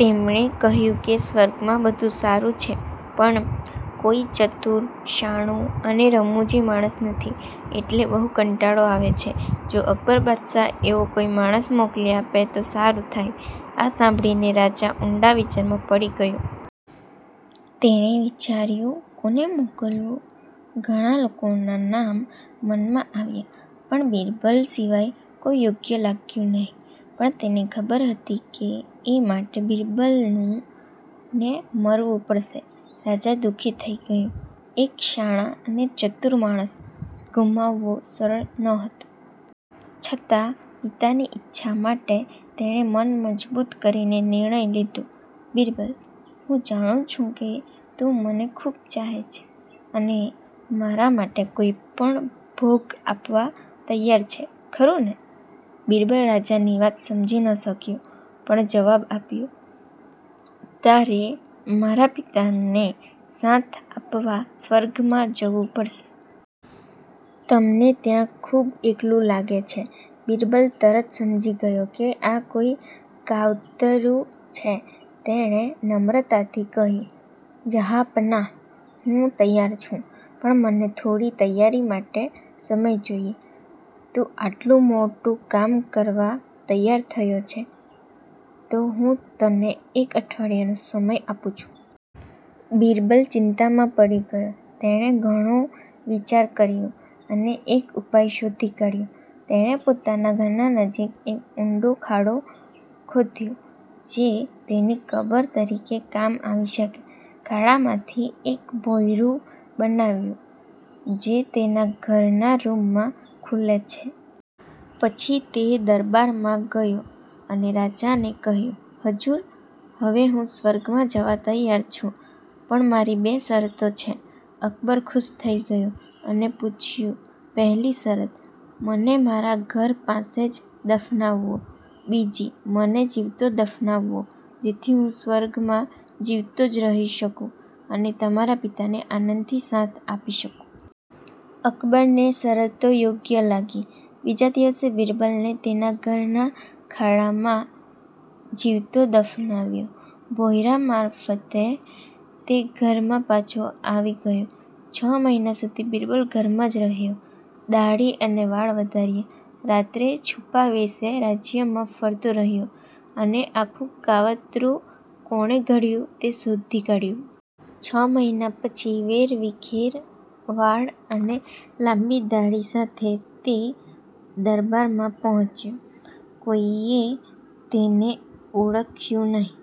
તેમણે કહ્યું કે સ્વર્ગમાં બધું સારું છે, પણ કોઈ ચતુર, શાણો અને રમુજી માણસ નથી, એટલે બહુ કંટાળો આવે છે. જો અકબર બાદશાહ એવો કોઈ માણસ મોકલી આપે તો સારું થાય. આ સાંભળીને રાજા ઊંડા વિચારમાં પડી ગયો. તેણે વિચાર્યું: કોને મોકલવું? ઘણા લોકોના નામ મનમાં આવ્યા, પણ બિરબલ સિવાય કોઈ યોગ્ય લાગ્યું નહીં. પણ તેને ખબર હતી કે એ માટે બિરબલને મરવું પડશે. રાજા દુઃખી થઈ ગયો.એક શાણા અને ચતુર માણસ ગુમાવવો સરળ નહોતો. છતાં, પિતાની ઈચ્છા માટે તેણે મન મજબૂત કરીને નિર્ણય લીધો. બિરબલ, હું જાણું છું કે તું મને ખૂબ ચાહે છે અને મારા માટે કોઈ પણ ભોગ આપવા તૈયાર છે, ખરું ને? બિરબલ રાજાની વાત સમજી ન શક્યો, પણ જવાબ આપ્યો: તારે મારા પિતાને સાથ આપવા સ્વર્ગમાં જવું પડશે. તેમને ત્યાં ખૂબ એકલું લાગે છે. બિરબલ તરત સમજી ગયો કે આ કોઈ કાવતરૂં છે. તેણે નમ્રતાથી કહ્યું: જહાંપનાહ, હું તૈયાર છું, પણ મને થોડી તૈયારી માટે સમય જોઈએ. તું આટલું મોટું કામ કરવા તૈયાર થયો છે, તો હું તને એક અઠવાડિયાનો સમય આપું છું. બિરબલ ચિંતામાં પડી ગયો. તેણે ઘણો વિચાર કર્યો અને એક ઉપાય શોધી કાઢ્યો. તેણે પોતાના ઘરના નજીક એક ઊંડો ખાડો ખોદ્યો -જે તેની કબર તરીકે કામ આવી શકે. ખાડામાંથી એક ભોંયરું બનાવ્યું જે તેના ઘરના રૂમમાં ખૂલે છે. પછી તે દરબારમાં ગયો અને રાજાને કહ્યું: હજૂર, હવે હું સ્વર્ગમાં જવા તૈયાર છું, પણ મારી બે શરતો છે. અકબર ખુશ થઈ ગયો અને પૂછ્યું: પહેલી શરત-મને મારા ઘર પાસે જ દફનાવવો. બીજી મને જીવતો દફનાવવો, જેથી હું સ્વર્ગમાં જીવતો જ જઈ શકું અને તમારા પિતાને આનંદથી સાથ આપી શકું. અકબરને શરતો યોગ્ય લાગી. બીજે દિવસે બિરબલને તેના ઘરના ખાડામાં જીવતો દફનાવાયો. ભોંયરા મારફતે તે ઘરમાં પાછો આવી ગયો. છ મહિના સુધી બિરબલ ઘરમાં જ રહ્યો. દાઢી અને વાળ વધાર્યા. રાત્રે છુપા વેશે રાજ્યમાં ફરતો રહ્યો અને આખું કાવતરૂં કોણે ઘડ્યું તે શોધી કાઢ્યું. છ મહિના પછી, વેરવિખેર વાળ અને લાંબી દાઢી સાથે તે દરબારમાં પહોંચ્યો. કોઈએ તેને ઓળખ્યું નહીં.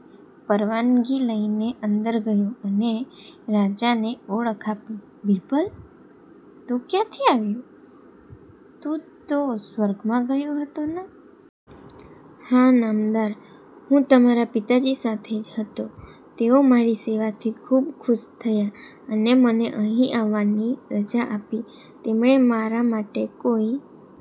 પરવાનગી લઈને અંદર ગયો અને રાજાને ઓળખ આપી. બિરબલ! તું ક્યાંથી આવ્યો? તું તો સ્વર્ગમાં ગયો હતો ને? હા, નામદાર. હું તમારા પિતાજી સાથે જ હતો. તેઓ મારી સેવાથી ખૂબ ખુશ થયા અને મને અહીં આવવાની રજા આપી. તેમણે મારા માટે કોઈ